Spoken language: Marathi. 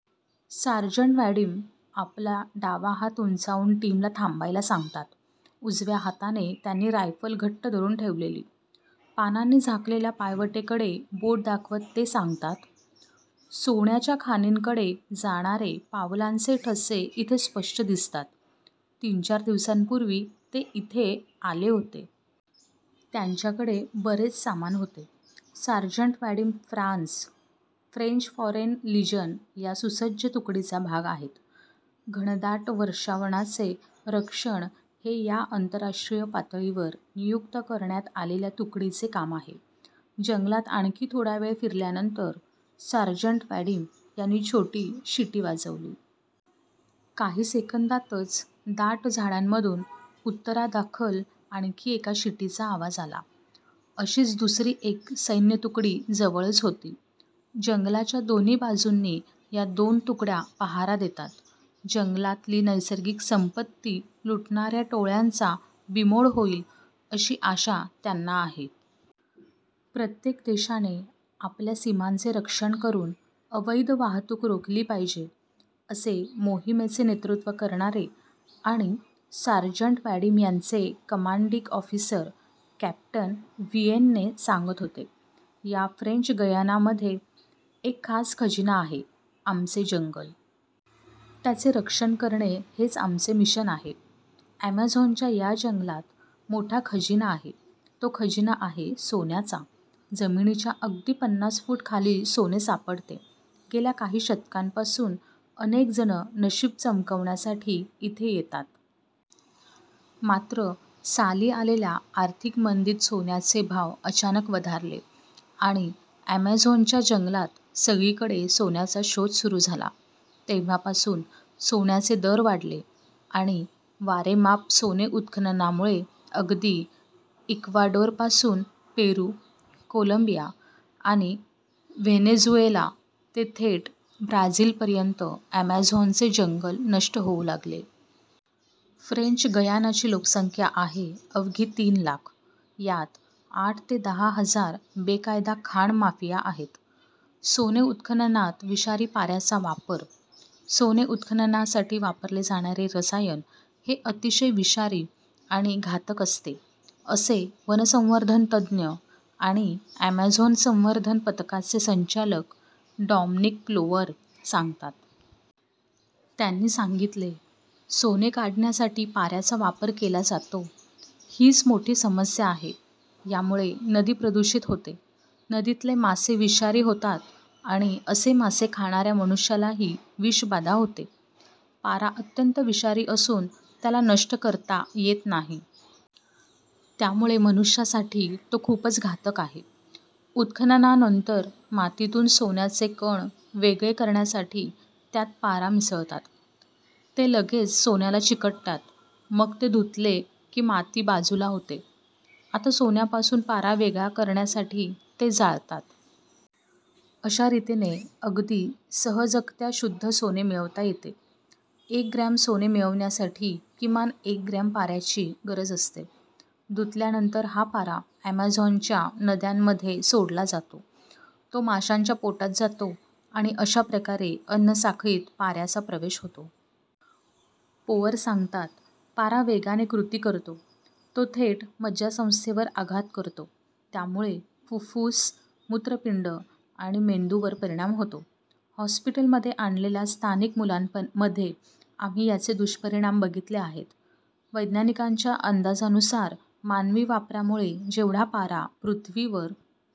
सार्जंट वॅडिम आपला डावा हात उंचावून टीमला थांबायला सांगतात. उजव्या हाताने त्यांनी रायफल घट्ट धरून ठेवलेली. पानांनी झाकलेल्या पायवाटेकडे बोट दाखवत ते सांगतात, "सोन्याच्या खाणींकडे जाणारे पावलांचे ठसे इथे स्पष्ट दिसतात. तीन-चार दिवसांपूर्वी ते इथे आले होते. त्यांच्याकडे बरेच सामान होते." Sergeant Vadim France 'French foreign legion' या सुसज्ज तुकडीचा भाग आहेत. घनदाट वर्षावनाचे रक्षण हे या आंतरराष्ट्रीय पातळीवर नियुक्त करण्यात आलेल्या तुकडीचे काम आहे. जंगलात आणखी थोडा वेळ फिरल्यानंतर सार्जंट वॅडिम यांनी छोटी शिटी वाजवली. काही सेकंदांतच दाट झाडांमधून उत्तरादाखल आणखी एका शिटीचा आवाज आला. अशीच दुसरी एक सैन्यतुकडी जवळच होती. जंगलाच्या दोन्ही बाजूंनी या दोन तुकड्या पहारा देतात. जंगलातली नैसर्गिक संपत्ती लुटणाऱ्या टोळ्यांचा बीमोड होईल, अशी आशा त्यांना आहे. "प्रत्येक देशाने आपल्या सीमांचे रक्षण करून अवैध वाहतूक रोखली पाहिजे," असे मोहिमेचे नेतृत्व करणारे आणि सार्जंट वॅडिम यांचे कमांडिंग ऑफिसर कॅप्टन व्हिएने सांगत होते. "या फ्रेंच गयानामध्ये एक खास खजिना आहे. आमचे जंगल. त्याचे रक्षण करणे हेच आमचे मिशन आहे." अमेझॉनच्या या जंगलात मोठा खजिना आहे. तो खजिना आहे सोन्याचा. जमिनीच्या अगदी पन्नास फूट खाली सोने सापडते. गेल्या काही शतकांपासून अनेक जण नशीब चमकवण्यासाठी इथे येतात. मात्र साली आलेल्या आर्थिक mंदीत सोन्याचे भाव अचानक वधारले आणि ॲमेझॉनच्या जंगलात सगळीकडे सोन्याचा शोध सुरू झाला. तेव्हापासून सोन्याचे दर वाढले आणि वारेमाप सोने उत्खननामुळे अगदी इक्वाडोरपासून पेरू, कोलंबिया आणि व्हेनेझुएला ते थेट ब्राझीलपर्यंत ॲमेझॉनचे जंगल नष्ट होऊ लागले. फ्रेंच गयानाची लोकसंख्या आहे अवघी तीन लाख. यात आठ ते दहा हजार बेकायदा खाण माफिया आहेत. सोने उत्खननात विषारी पाऱ्याचा वापर - सोने उत्खननासाठी वापरले जाणारे रसायन हे अतिशय विषारी आणि घातक असते, असे वनसंवर्धन तज्ज्ञ आणि ॲमेझॉन संवर्धन पथकाचे संचालक डॉमनिक प्लोवर सांगतात. त्यांनी सांगितले, "सोने काढण्यासाठी पाऱ्याचा वापर केला जातो. हीच मोठी समस्या आहे. यामुळे नदी प्रदूषित होते. नदीतले मासे विषारी होतात आणि असे मासे खाणाऱ्या मनुष्यालाही विषबाधा होते." पारा अत्यंत विषारी असून त्याला नष्ट करता येत नाही. त्यामुळे मनुष्यासाठी तो खूपच घातक आहे. उत्खननानंतर मातीतून सोन्याचे कण वेगळे करण्यासाठी त्यात पारा मिसळतात. ते लगेच सोन्याला चिकटतात. मग ते धुतले की माती बाजूला होते. आता सोन्यापासून पारा वेगळा करण्यासाठी ते जाळतात. अशा रीतीने अगदी सहजगत्या शुद्ध सोने मिळवता येते. एक ग्रॅम सोने मिळवण्यासाठी किमान एक ग्रॅम पाऱ्याची गरज असते. धुतल्यानंतर हा पारा ॲमेझॉनच्या नद्यांमध्ये सोडला जातो. तो माशांच्या पोटात जातो आणि अशा प्रकारे अन्नसाखळीत पाऱ्याचा प्रवेश होतो. पोवर सांगतात, "पारा वेगाने कृती करतो. तो थेट मज्जासंस्थेवर आघात करतो. त्यामुळे फुप्फुस, मूत्रपिंड आणि मेंदूवर परिणाम होतो. हॉस्पिटलमध्ये आणलेल्या स्थानिक मुलांमध्ये आम्ही याचे दुष्परिणाम बघितले आहेत." वैज्ञानिकांच्या अंदाजानुसार मानवी वापरामुळे जेवढा पारा पृथ्वीवर